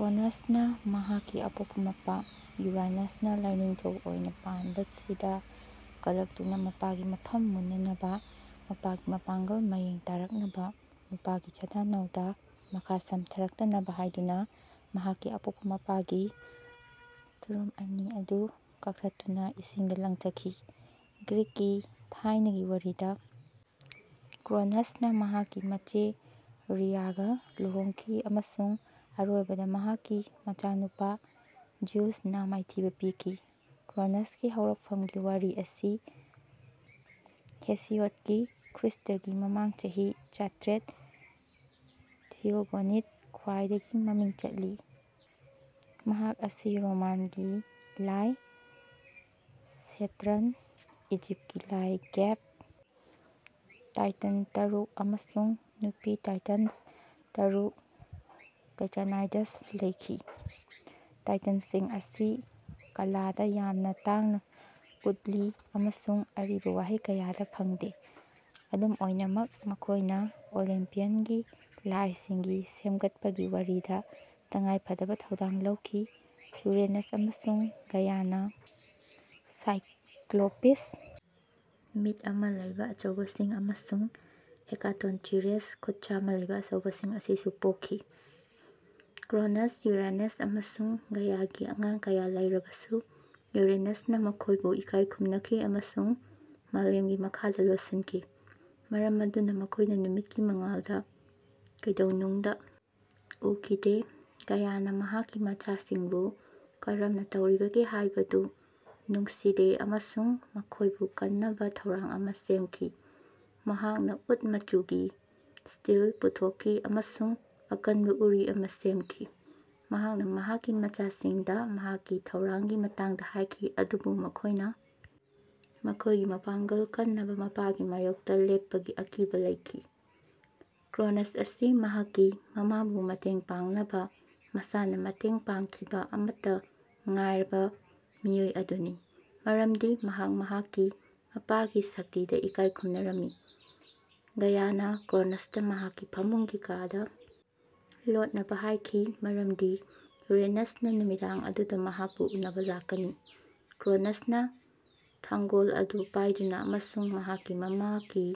ꯀ꯭ꯔꯣꯅꯁꯅ ꯃꯍꯥꯛꯀꯤ ꯑꯄꯣꯛꯄ ꯃꯄꯥ ꯌꯨꯔꯥꯅꯁꯅ ꯂꯥꯢꯅꯤꯡꯊꯧ ꯑꯣꯢꯅ ꯄꯥꯟꯕꯁꯤꯗ ꯀꯂꯛꯇꯨꯅ ꯃꯄꯥꯒꯤ ꯃꯐꯝ ꯃꯨꯟꯅꯅꯕ ꯃꯄꯥꯒꯤ ꯃꯄꯥꯡꯒꯜ ꯃꯌꯦꯡ ꯇꯥꯔꯛꯅꯕ ꯃꯄꯥꯒꯤ ꯆꯥꯗꯥ-ꯅꯥꯎꯗꯥ ꯃꯈꯥ ꯁꯝꯊꯔꯛꯇꯅꯕ ꯍꯥꯢꯗꯨꯅ ꯃꯍꯥꯛꯀꯤ ꯑꯄꯣꯛꯄ ꯃꯄꯥꯒꯤ ꯇꯨꯔꯨꯝ ꯑꯅꯤ ꯑꯗꯨ ꯀꯛꯊꯠꯇꯨꯅ ꯏꯁꯤꯡꯗ ꯂꯪꯊꯈꯤ꯫ ꯒ꯭ꯔꯤꯛꯀꯤ ꯊꯥꯏꯅꯒꯤ ꯋꯥꯔꯤꯗ, ꯀ꯭ꯔꯣꯅꯁꯅ ꯃꯍꯥꯛꯀꯤ ꯃꯆꯦ ꯔꯤꯌꯥꯒ ꯂꯨꯍꯣꯡꯈꯤ ꯑꯃꯁꯨꯡ ꯑꯔꯣꯏꯕꯗ ꯃꯍꯥꯛꯀꯤ ꯃꯆꯥꯅꯨꯄꯥ ꯖ꯭ꯌꯨꯁꯅ ꯃꯥꯏꯊꯤꯕ ꯄꯤꯈꯤ꯫ ꯀ꯭ꯔꯣꯅꯁꯀꯤ ꯍꯧꯔꯛꯐꯝꯒꯤ ꯋꯥꯔꯤ ꯑꯁꯤ ꯍꯦꯁꯤꯑꯣꯗꯀꯤ (ꯈ꯭ꯔꯤꯁ꯭ꯇꯒꯤ ꯃꯃꯥꯡ ꯆꯍꯤ ꯆꯥꯇ꯭ꯔꯦꯠ) ꯊꯤꯌꯣꯒꯣꯅꯤꯗ ꯈ꯭ꯋꯥꯏꯗꯒꯤ ꯃꯃꯤꯡ ꯆꯠꯂꯤ꯫ ꯃꯍꯥꯛ ꯑꯁꯤ ꯔꯣꯃꯥꯟꯒꯤ ꯂꯥꯏ ꯁꯦꯇꯔꯟ, ꯏꯖꯤꯞꯀꯤ ꯂꯥꯏ ꯒꯦꯕ, ꯇꯥꯏꯇꯟ ꯇꯔꯨꯛ ꯑꯃꯁꯨꯡ ꯅꯨꯄꯤ ꯇꯥꯏꯇꯟꯁ ꯇꯔꯨꯛ (ꯇꯥꯏꯇꯥꯅꯥꯏꯗꯁ) ꯂꯩꯈꯤ꯫ ꯇꯥꯏꯇꯟꯁꯤꯡ ꯑꯁꯤ ꯀꯂꯥꯗ ꯌꯥꯝꯅ ꯇꯥꯡꯅ ꯎꯠꯂꯤ ꯑꯃꯁꯨꯡ ꯑꯔꯤꯕ ꯋꯥꯍꯩ ꯀꯌꯥꯗ ꯐꯪꯗꯦ꯫ ꯑꯗꯨꯝ ꯑꯣꯏꯅꯃꯛ ꯃꯈꯣꯏꯅ ꯑꯣꯂꯤꯝꯄꯤꯌꯟꯒꯤ ꯂꯥꯏꯁꯤꯡꯒꯤ ꯁꯦꯝꯒꯠꯄꯒꯤ ꯋꯥꯔꯤꯗ ꯇꯉꯥꯏꯐꯗꯕ ꯊꯧꯗꯥꯡ ꯂꯧꯈꯤ꯫ ꯌꯨꯔꯦꯅꯁ ꯑꯃꯁꯨꯡ ꯒꯥꯏꯌꯥꯅ ꯁꯥꯏꯀ꯭ꯂꯣꯄꯤꯁ (ꯃꯤꯠ ꯑꯃ ꯂꯩꯕ ꯑꯆꯧꯕꯁꯤꯡ) ꯑꯃꯁꯨꯡ ꯍꯦꯀꯥꯇꯣꯟꯇ꯭ꯔꯤꯑꯁ (ꯈꯨꯠ ꯆꯥꯝꯃ ꯂꯩꯕ ꯑꯆꯧꯕꯁꯤꯡ) ꯑꯁꯤꯁꯨ ꯄꯣꯛꯈꯤ꯫ ꯀ꯭ꯔꯣꯅꯁ, ꯌꯨꯔꯥꯅꯁ, ꯑꯃꯁꯨꯡ ꯒꯥꯏꯌꯥꯒꯤ ꯑꯉꯥꯡ ꯀꯌꯥ ꯂꯩꯔꯕꯁꯨ ꯌꯨꯔꯦꯅꯁꯅ ꯃꯈꯣꯏꯕꯨ ꯏꯀꯥꯏ ꯈꯨꯝꯅꯈꯤ ꯑꯃꯁꯨꯡ ꯃꯥꯂꯦꯝꯒꯤ ꯃꯈꯥꯗ ꯂꯣꯠꯁꯤꯟꯈꯤ꯫ ꯃꯔꯝ ꯑꯗꯨꯅ ꯃꯈꯣꯏꯅ ꯅꯨꯃꯤꯠꯀꯤ ꯃꯉꯥꯜꯗ ꯀꯩꯗꯧꯅꯨꯡꯗ ꯎꯈꯤꯗꯦ꯫ ꯒꯥꯏꯌꯥꯅ ꯃꯍꯥꯛꯀꯤ ꯃꯆꯥꯁꯤꯡꯕꯨ ꯀꯔꯝꯅ ꯇꯧꯔꯤꯕꯒꯦ ꯍꯥꯏꯕꯗꯨ ꯅꯨꯡꯁꯤꯗꯦ ꯑꯃꯁꯨꯡ ꯃꯈꯣꯏꯕꯨ ꯀꯟꯅꯕ ꯊꯧꯔꯥꯡ ꯑꯃ ꯁꯦꯝꯈꯤ꯫ ꯃꯍꯥꯛꯅ ꯎꯠ ꯃꯆꯨꯒꯤ ꯁ꯭ꯇꯤꯜ ꯄꯨꯊꯣꯛꯈꯤ ꯑꯃꯁꯨꯡ ꯑꯀꯟꯕ ꯎꯔꯤ ꯑꯃ ꯁꯦꯝꯈꯤ꯫ ꯃꯍꯥꯛꯅ ꯃꯍꯥꯛꯀꯤ ꯃꯆꯥꯁꯤꯡꯗ ꯃꯍꯥꯛꯀꯤ ꯊꯧꯔꯥꯡꯒꯤ ꯃꯇꯥꯡꯗ ꯍꯥꯏꯈꯤ, ꯑꯗꯨꯕꯨ ꯃꯈꯣꯏꯅ ꯃꯈꯣꯏꯒꯤ ꯃꯄꯥꯡꯒꯜ ꯀꯟꯅꯕ ꯃꯄꯥꯒꯤ ꯃꯥꯌꯣꯛꯇ ꯂꯦꯞꯄꯒꯤ ꯑꯀꯤꯕ ꯂꯩꯈꯤ꯫ ꯀ꯭ꯔꯣꯅꯁ ꯑꯁꯤ ꯃꯍꯥꯛꯀꯤ ꯃꯃꯥꯕꯨ ꯃꯇꯦꯡ ꯄꯥꯡꯅꯕ ꯃꯁꯥꯅ ꯃꯇꯦꯡ ꯄꯥꯡꯈꯤꯕ ꯑꯃꯠꯇ ꯉꯥꯏꯔꯕ ꯃꯤꯑꯣꯏ ꯑꯗꯨꯅꯤ, ꯃꯔꯝꯗꯤ ꯃꯍꯥꯛ ꯃꯍꯥꯛꯀꯤ ꯃꯄꯥꯒꯤ ꯁꯛꯇꯤꯗ ꯏꯀꯥꯏ ꯈꯨꯝꯅꯔꯝꯃꯤ꯫ ꯒꯥꯏꯌꯥꯅ ꯀ꯭ꯔꯣꯅꯁꯇ ꯃꯍꯥꯛꯀꯤ ꯐꯃꯨꯡꯒꯤ ꯀꯥꯗ ꯂꯣꯠꯅꯕ ꯍꯥꯏꯈꯤ ꯃꯔꯝꯗꯤ ꯌꯨꯔꯦꯅꯁꯅ ꯅꯨꯃꯤꯗꯥꯡ ꯑꯗꯨꯗ ꯃꯍꯥꯛꯄꯨ ꯎꯅꯕ ꯂꯥꯛꯀꯅꯤ꯫ ꯀ꯭ꯔꯣꯅꯁꯅ ꯊꯥꯡꯒꯣꯜ ꯑꯗꯨ ꯄꯥꯏꯗꯨꯅ ꯑꯃꯁꯨꯡ ꯃꯍꯥꯛꯀꯤ ꯃꯃꯥꯒꯤ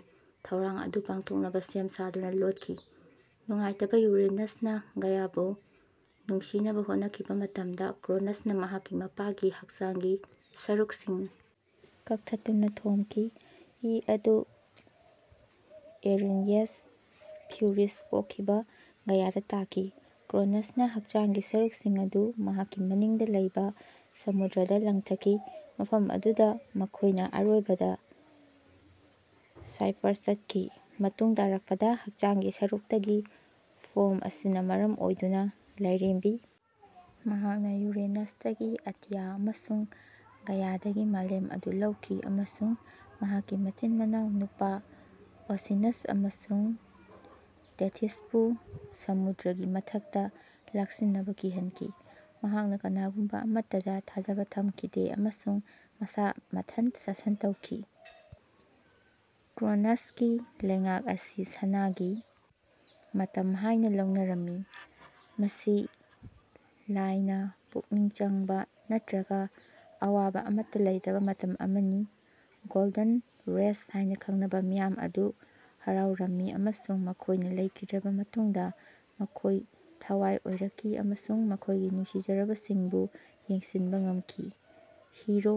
ꯊꯧꯔꯥꯡ ꯑꯗꯨ ꯄꯥꯡꯊꯣꯛꯅꯕ ꯁꯦꯝ ꯁꯥꯗꯨꯅ ꯂꯣꯠꯈꯤ꯫ ꯅꯨꯡꯉꯥꯏꯇꯕ ꯌꯨꯔꯦꯅꯁꯅ ꯒꯥꯏꯌꯥꯕꯨ ꯅꯨꯡꯁꯤꯅꯕ ꯍꯣꯠꯅꯈꯤꯕ ꯃꯇꯝꯗ, ꯀ꯭ꯔꯣꯅꯁꯅ ꯃꯍꯥꯛꯀꯤ ꯃꯄꯥꯒꯤ ꯍꯛꯆꯥꯡꯒꯤ ꯁꯔꯨꯛꯁꯤꯡ ꯀꯛꯊꯠꯇꯨꯅ ꯊꯣꯝꯈꯤ꯫ ꯏ ꯑꯗꯨ ꯑꯦꯔꯤꯟꯌꯦꯁ (ꯐ꯭ꯌꯨꯔꯤꯁ) ꯄꯣꯛꯈꯤꯕ ꯒꯥꯏꯌꯥꯗ ꯇꯥꯈꯤ꯫ ꯀ꯭ꯔꯣꯅꯁꯅ ꯍꯛꯆꯥꯡꯒꯤ ꯁꯔꯨꯛꯁꯤꯡ ꯑꯗꯨ ꯃꯍꯥꯛꯀꯤ ꯃꯅꯤꯡꯗ ꯂꯩꯕ ꯁꯃꯨꯗ꯭ꯔꯗ ꯂꯪꯊꯈꯤ, ꯃꯐꯝ ꯑꯗꯨꯗ ꯃꯈꯣꯏꯅ ꯑꯔꯣꯏꯕꯗ ꯁꯥꯏꯄ꯭ꯔꯁꯇ ꯆꯠꯈꯤ꯫ ꯃꯇꯨꯡ ꯇꯥꯔꯛꯄꯗ ꯍꯛꯆꯥꯡꯒꯤ ꯁꯔꯨꯛꯇꯒꯤ ꯐꯣꯝ ꯑꯁꯤꯅ ꯃꯔꯝ ꯑꯣꯏꯗꯨꯅ ꯂꯥꯏꯔꯦꯝꯕꯤ ꯃꯍꯥꯛꯅ ꯌꯨꯔꯦꯅꯁꯇꯒꯤ ꯑꯇꯤꯌꯥ ꯑꯃꯁꯨꯡ ꯒꯥꯏꯌꯥꯗꯒꯤ ꯃꯥꯂꯦꯝ ꯑꯗꯨ ꯂꯧꯈꯤ ꯑꯃꯁꯨꯡ ꯃꯍꯥꯛꯀꯤ ꯃꯆꯤꯟ-ꯃꯅꯥꯎ ꯅꯨꯄꯥ ꯑꯣꯁꯤꯅꯁ ꯑꯃꯁꯨꯡ ꯇꯦꯊꯤꯁꯄꯨ ꯁꯃꯨꯗ꯭ꯔꯒꯤ ꯃꯊꯛꯇ ꯂꯥꯛꯁꯤꯟꯅꯕ ꯀꯤꯍꯟꯈꯤ꯫ ꯃꯍꯥꯛꯅ ꯀꯅꯥꯒꯨꯝꯕ ꯑꯃꯠꯇꯗ ꯊꯥꯖꯕ ꯊꯝꯈꯤꯗꯦ ꯑꯃꯁꯨꯡ ꯃꯁꯥ ꯃꯊꯟꯇ ꯁꯥꯁꯟ ꯇꯧꯈꯤ꯫ ꯀ꯭ꯔꯣꯅꯁꯀꯤ ꯂꯩꯉꯥꯛ ꯑꯁꯤ ꯁꯅꯥꯒꯤ ꯃꯇꯝ ꯍꯥꯏꯅ ꯂꯧꯅꯔꯝꯃꯤ꯫ ꯃꯁꯤ ꯂꯥꯏꯅ ꯄꯨꯛꯅꯤꯡ ꯆꯪꯕ ꯅꯠꯇ꯭ꯔꯒ ꯑꯋꯥꯕ ꯑꯃꯠꯇ ꯂꯩꯇꯕ ꯃꯇꯝ ꯑꯃꯅꯤ꯫ ꯒꯣꯜꯗꯟ ꯔꯦꯁ ꯍꯥꯏꯅ ꯈꯪꯅꯕ ꯃꯤꯌꯥꯝ ꯑꯗꯨ ꯍꯔꯥꯎꯔꯝꯃꯤ ꯑꯃꯁꯨꯡ ꯃꯈꯣꯏꯅ ꯂꯩꯈꯤꯗ꯭ꯔꯕ ꯃꯇꯨꯡꯗ ꯃꯈꯣꯏ ꯊꯋꯥꯏ ꯑꯣꯏꯔꯛꯈꯤ ꯑꯃꯁꯨꯡ ꯃꯈꯣꯏꯒꯤ ꯅꯨꯡꯁꯤꯖꯔꯕꯁꯤꯡꯕꯨ ꯌꯦꯡꯁꯤꯟꯕ ꯉꯝꯈꯤ꯫ ꯍꯤꯔꯣ